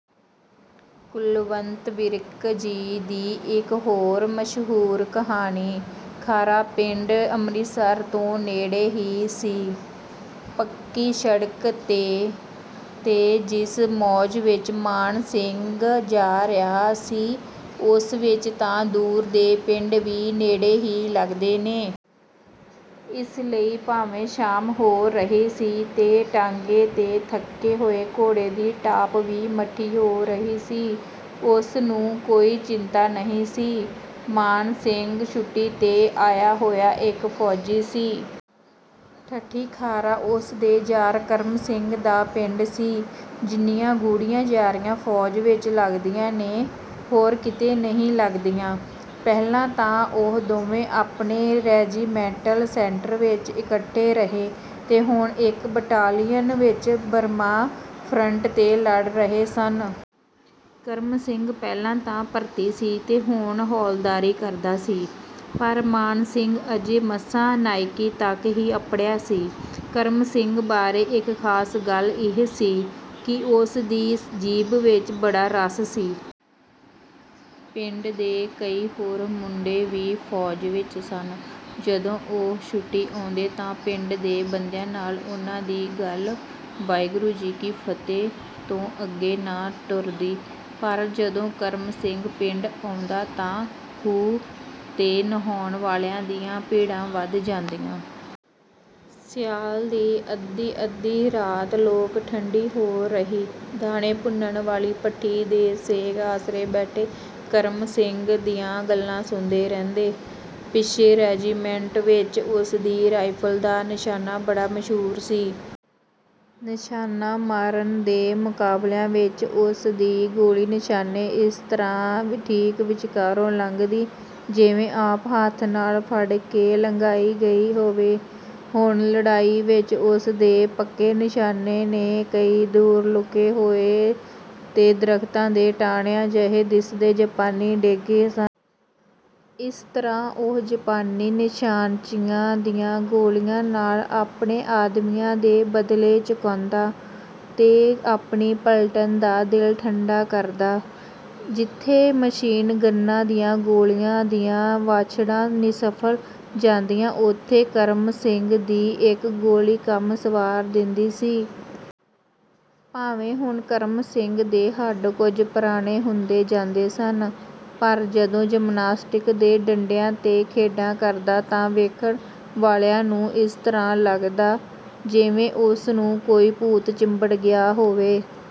ਕੁਲਵੰਤ ਵਿਰਕ ਜੀ ਦੀ ਇੱਕ ਹੋਰ ਮਸ਼ਹੂਰ ਕਹਾਣੀ - ਖਾਰਾ ਪਿੰਡ ਅੰਮ੍ਰਿਤਸਰ ਤੋਂ ਨੇੜੇ ਹੀ ਸੀ, ਪੱਕੀ ਸੜਕ 'ਤੇ। ਤੇ ਜਿਸ ਮੌਜ ਵਿਚ ਮਾਨ ਸਿੰਘ ਜਾ ਰਿਹਾ ਸੀ, ਉਸ ਵਿਚ ਤਾਂ ਦੂਰ ਦੇ ਪਿੰਡ ਵੀ ਨੇੜੇ ਹੀ ਲੱਗਦੇ ਨੇ। ਇਸ ਲਈ ਭਾਵੇਂ ਸ਼ਾਮ ਹੋ ਰਹੀ ਸੀ ਤੇ ਟਾਂਗੇ ਦੇ ਥੱਕੇ ਹੋਏ ਘੋੜੇ ਦੀ ਟਾਪ ਵੀ ਮੱਠੀ ਹੋ ਰਹੀ ਸੀ, ਉਸ ਨੂੰ ਕੋਈ ਚਿੰਤਾ ਨਹੀਂ ਸੀ। ਮਾਨ ਸਿੰਘ ਛੁੱਟੀ 'ਤੇ ਆਇਆ ਹੋਇਆ ਇਕ ਫ਼ੌਜੀ ਸੀ। 'ਠੱਠੀ ਖਾਰਾ' ਉਸ ਦੇ ਯਾਰ ਕਰਮ ਸਿੰਘ ਦਾ ਪਿੰਡ ਸੀ। ਜਿੰਨੀਆਂ ਗੂੜ੍ਹੀਆਂ ਯਾਰੀਆਂ ਫ਼ੌਜ ਵਿਚ ਲੱਗਦੀਆਂ ਨੇ, ਹੋਰ ਕਿਤੇ ਨਹੀਂ ਲੱਗਦੀਆਂ। ਪਹਿਲਾਂ ਤਾਂ ਉਹ ਦੋਵੇਂ ਆਪਣੇ ਰੈਜੀਮੈਂਟਲ ਸੈਂਟਰ ਵਿਚ ਇਕੱਠੇ ਰਹੇ ਤੇ ਹੁਣ ਇਕ ਬਟਾਲੀਅਨ ਵਿਚ ਬਰਮਾ ਫਰੰਟ 'ਤੇ ਲੜ ਰਹੇ ਸਨ। ਕਰਮ ਸਿੰਘ ਪਹਿਲਾਂ ਦਾ ਭਰਤੀ ਸੀ ਤੇ ਹੁਣ ਹੌਲਦਾਰੀ ਕਰਦਾ ਸੀ ਪਰ ਮਾਨ ਸਿੰਘ ਅਜੇ ਮਸਾਂ ਨਾਇਕੀ ਤੱਕ ਹੀ ਅੱਪੜਿਆ ਸੀ। ਕਰਮ ਸਿੰਘ ਬਾਰੇ ਇਕ ਖ਼ਾਸ ਗੱਲ ਇਹ ਸੀ ਕਿ ਉਸ ਦੀ ਜੀਭ ਵਿਚ ਬੜਾ ਰਸ ਸੀ। ਪਿੰਡ ਦੇ ਕਈ ਹੋਰ ਮੁੰਡੇ ਵੀ ਫ਼ੌਜ ਵਿਚ ਸਨ। ਜਦੋਂ ਉਹ ਛੁੱਟੀ ਆਉਂਦੇ ਤਾਂ ਪਿੰਡ ਦੇ ਬੰਦਿਆਂ ਨਾਲ ਉਨ੍ਹਾਂ ਦੀ ਗੱਲ 'ਵਾਹਿਗੁਰੂ ਜੀ ਕੀ ਫ਼ਤਹਿ' ਤੋਂ ਅੱਗੇ ਨਾ ਟੁਰਦੀ, ਪਰ ਜਦੋਂ ਕਰਮ ਸਿੰਘ ਪਿੰਡ ਆਉਂਦਾ ਤਾਂ ਖੂਹ 'ਤੇ ਨ੍ਹਾਉਣ ਵਾਲਿਆਂ ਦੀਆਂ ਭੀੜਾਂ ਵੱਧ ਜਾਂਦੀਆਂ। ਸਿਆਲ ਦੀ ਅੱਧੀ-ਅੱਧੀ ਰਾਤ ਲੋਕ ਠੰਡੀ ਹੋ ਰਹੀ ਦਾਣੇ ਭੁੰਨਣ ਵਾਲੀ ਭੱਠੀ ਦੇ ਸੇਕ ਆਸਰੇ ਬੈਠੇ ਕਰਮ ਸਿੰਘ ਦੀਆਂ ਗੱਲਾਂ ਸੁਣਦੇ ਰਹਿੰਦੇ। ਪਿੱਛੇ ਰੈਜੀਮੈਂਟ ਵਿਚ ਉਸ ਦੀ ਰਾਈਫਲ ਦਾ ਨਿਸ਼ਾਨਾ ਬੜਾ ਮਸ਼ਹੂਰ ਸੀ। ਨਿਸ਼ਾਨਾ ਮਾਰਨ ਦੇ ਮੁਕਾਬਲਿਆਂ ਵਿਚ ਉਸ ਦੀ ਗੋਲੀ ਨਿਸ਼ਾਨੇ ਇਸ ਤਰ੍ਹਾਂ ਠੀਕ ਵਿਚਕਾਰੋਂ ਲੰਘਦੀ, ਜਿਵੇਂ ਆਪ ਹੱਥ ਨਾਲ ਫੜ ਕੇ ਲੰਘਾਈ ਗਈ ਹੋਵੇ। ਹੁਣ ਲੜਾਈ ਵਿਚ ਉਸ ਦੇ ਪੱਕੇ ਨਿਸ਼ਾਨੇ ਨੇ ਕਈ ਦੂਰ ਲੁਕੇ ਹੋਏ ਤੇ ਦਰਖ਼ਤਾਂ ਦੇ ਟਾਹਣੀਆਂ ਜਿਹੇ ਦਿਸਦੇ ਜਾਪਾਨੀ ਡੇਗੇ ਸਨ। ਇਸ ਤਰ੍ਹਾਂ ਉਹ ਜਾਪਾਨੀ ਨਿਸ਼ਾਨਚੀਆਂ ਦੀਆਂ ਗੋਲੀਆਂ ਨਾਲ ਆਪਣੇ ਆਦਮੀਆਂ ਦੇ ਬਦਲੇ ਚੁਕਾਂਦਾ ਤੇ ਆਪਣੀ ਪਲਟਨ ਦਾ ਦਿਲ ਠੰਢਾ ਕਰਦਾ। ਜਿੱਥੇ ਮਸ਼ੀਨ ਗੰਨਾਂ ਦੀਆਂ ਗੋਲੀਆਂ ਦੀਆਂ ਵਾਛੜਾਂ ਨਿਸਫਲ ਜਾਂਦੀਆਂ, ਉੱਥੇ ਕਰਮ ਸਿੰਘ ਦੀ ਇਕ ਗੋਲੀ ਕੰਮ ਸਵਾਰ ਦਿੰਦੀ ਸੀ। ਭਾਵੇਂ ਹੁਣ ਕਰਮ ਸਿੰਘ ਦੇ ਹੱਡ ਕੁਝ ਪੁਰਾਣੇ ਹੁੰਦੇ ਜਾਂਦੇ ਸਨ, ਪਰ ਜਦੋਂ ਜਿਮਨਾਸਟਿਕ ਦੇ ਡੰਡਿਆਂ 'ਤੇ ਖੇਡਾਂ ਕਰਦਾ ਤਾਂ ਵੇਖਣ ਵਾਲਿਆਂ ਨੂੰ ਇਸ ਤਰ੍ਹਾਂ ਲੱਗਦਾ, ਜਿਵੇਂ ਉਸ ਨੂੰ ਕੋਈ ਭੂਤ ਚੰਬੜ ਗਿਆ ਹੋਵੇ।